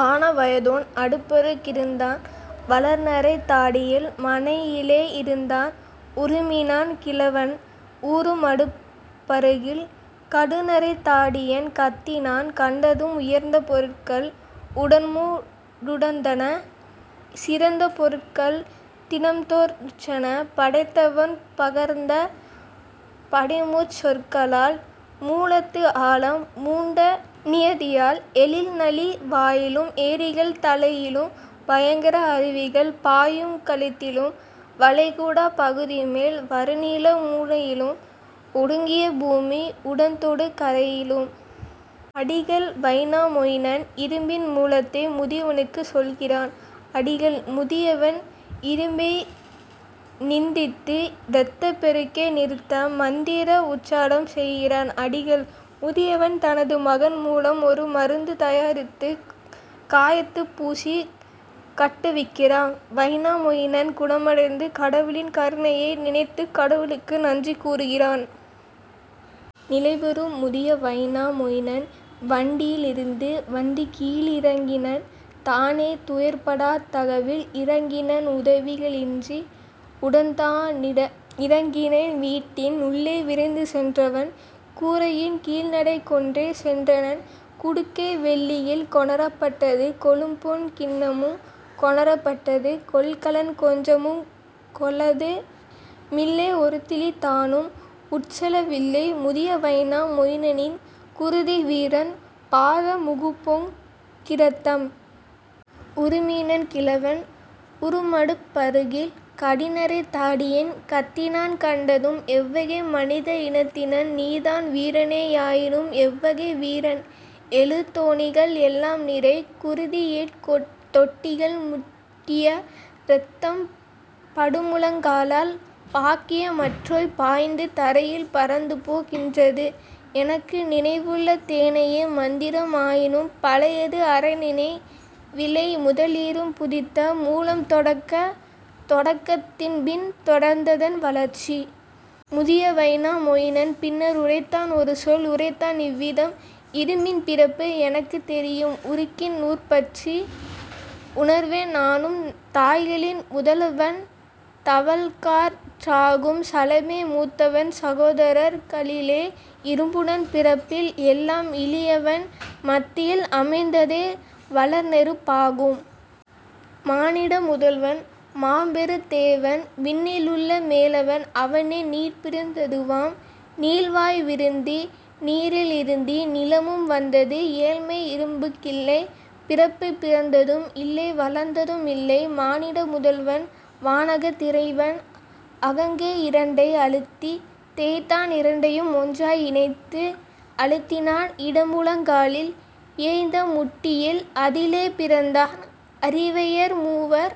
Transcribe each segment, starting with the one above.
" ஆன வயதோன் அடுப்பரு கிருந்தான்। வளர்நரைத் தாடியில் மணையிலே இருந்தான் உறுமினான் கிழவன் உறும்அடுப் பருகில் கடுநரைத் தாடியன் கத்தினான் கண்டதும்: "உயர்ந்த பொருட்கள் உடன்மூ டுண்டன சிறந்த பொருட்கள் தினம்தோற் றிட்டன படைத்தவன் பகர்ந்த படிமுச் சொற்களால் மூலத்து ஆழம் மூண்ட நியதியால்: எழில்நதி வாயிலும் ஏரிகள் தலையிலும் பயங்கர அருவிகள் பாயும் கழுத்திலும் வளைகுடாப் பகுதிமேல் வருநில முனையிலும் ஒடுங்கிய பூமி உடன்தொடு கரையிலும். " அடிகள் வைனாமொயினன் இரும்பின் மூலத்தை முதியவனுக்குச் சொல்லுகிறான். அடிகள்: முதியவன் இரும்பை நிந்தித்து இரத்தப் பெருக்கை நிறுத்த மந்திர உச்சாடனம் செய்கிறான். அடிகள்: முதியவன் தனது மகன் மூலம் ஒரு மருந்து தயாரித்துக் காயத்துக்குப் பூசிக் கட்டுவிக்கிறான். வைனாமொயினன் குணமடைந்து, கடவுளின் கருணையை நினைத்துக் கடவுளுக்கு நன்றி கூறுகிறான். நிலைபெறும் முதிய வைனா மொயினன் வண்டியி லிருந்து வந்துகீ ழிறங்கினன் தானே துயர்ப்படாத் தகவில் இறங்கினன் உதவிக ளின்றி உடன்தா னிறங்கினன் வீட்டின் உள்ளே விரைந்து சென்றனன் கூரையின் கீழ்நடை கொண்டே சென்றனன். குடுக்கை வெள்ளியில் கொணரப் பட்டது கொளும்பொன் கிண்ணமும் கொணரப் பட்டது. கொள்கலன் கொஞ்சமும் கொள்ளவு மில்லை ஒருதுளி தானும் உட்செல வில்லை முதிய வைனா மொயினனின் குருதி வீரன் பாத மிகுபொங் கிரத்தம். உறுமினன் கிழவன் உறும்அடுப் பருகில் கடுநரைத் தாடியன் கத்தினான் கண்டதும்: "எவ்வகை மனித இனத்தினன் நீதான் வீரனே யாயினும் எவ்வகை வீரன்? ஏழு தோணிகள் எலாம்நிறை குருதி எட்டுத் தொட்டிகள் முட்டிய இரத்தம் படுமுழங் காலால் பாக்கிய மற்றோய், பாய்ந்து தரையில் பரந்துபோ கின்றது; எனக்கு நினைவுள தேனைய மந்திரம் ஆயினும் பழையது அறநினை வில்லை முதல்இரும் புதித்த மூலத் தொடக்கம் தொடக்கத் தின்பின் தொடர்ந்ததன் வளர்ச்சி. " முதிய வைனா மொயினன் பின்னர் உரைத்தான் ஒருசொல் உரைத்தான் இவ்விதம்: "இரும்பின் பிறப்பு எனக்குத் தெரியும் உருக்கின்உற் பத்தி உணர்வேன் நானும் தாய்களின் முதலவள் தவழ்காற் றாகும் சலமே மூத்தவன் சகோதரர் களிலே இரும்புடன் பிறப்பில் எல்லாம் இளையவன் மத்தியில் அமைந்ததே வளர்நெருப் பாகும். மானிட முதல்வன், மாபெருந் தேவன், விண்ணில் உள்ள மேலவன் அவனே, நீர்பிரிந் ததுவாம் நீள்வாய் விருந்து நீரில் இருந்தே நிலமும் வந்தது ஏழ்மை இரும்புக் கில்லைப் பிறப்பு பிறந்ததும் இல்லை வளர்ந்ததும் இல்லை. மானிட முதல்வன், வானகத் திறைவன், அகங்கை இரண்டை அழுத்தித் தேய்த்தான் இரண்டையும் ஒன்றாய் இணைத்து அழுத்தினான் இடமுழங் காலில் இயைந்த முட்டியில் அதிலே பிறந்தனர் அரிவையர் மூவர்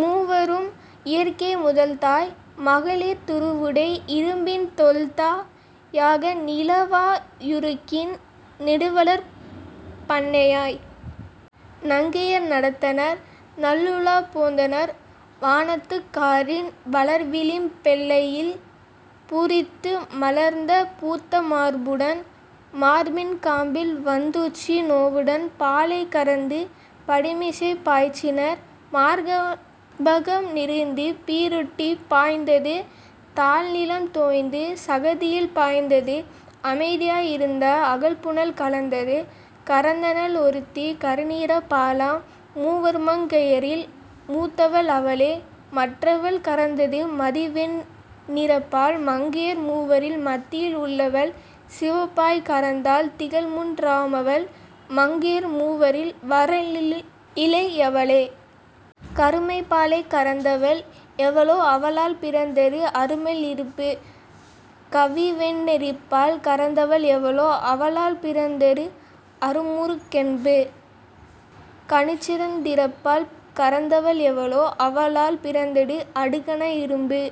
மூவரும் இயற்கை முதல்தாய் மகளிர் துருவுடை இரும்பின் தொல்தா யாக நீலவா யுருக்கின் நெடுவளர்ப் பன்னையாய். நங்கையர் நடந்தனர் நல்லுலாப் போந்தனர் வானத்துக் காரின் வளர்விளிம் பெல்லையில் பூரித்து மலர்ந்த பூத்த மார்புடன் மார்பின் காம்பில் வந்துற்ற நோவுடன்; பாலைக் கறந்து படிமிசைப் பாய்ச்சினர் மார்பகம் நிறைந்து பீரிட்டுப் பாய்ந்தது; தாழ்நிலம் தோய்ந்து சகதியில் பாய்ந்தது அமைதியாய் இருந்த அகல்புனல் கலந்தது. கறந்தனள் ஒருத்தி கருநிறப் பாலாம் மூவர்மங் கையரில் மூத்தவள் அவளே; மற்றவள் கறந்தது மதிவெண் ணிறப்பால் மங்கையர் மூவரில் மத்தியில் உள்ளவள்; சிவப்பாய் கறந்தனள் திகழ்மூன் றாமவள் மங்கையர் மூவரில் வளர்இளை யவளே. கருமைப் பாலைக் கறந்தவள் எவளோ அவளால் பிறந்தது அருமெல் இரும்பு; கவின்வெண் ணிறப்பால் கறந்தவள் எவளோ அவளால் பிறந்தது அரும்உருக் கென்பது; கனிசெந் நிறப்பால் கறந்தவள் எவளோ அவளால் பிறந்தது அடுகன இரும்பு.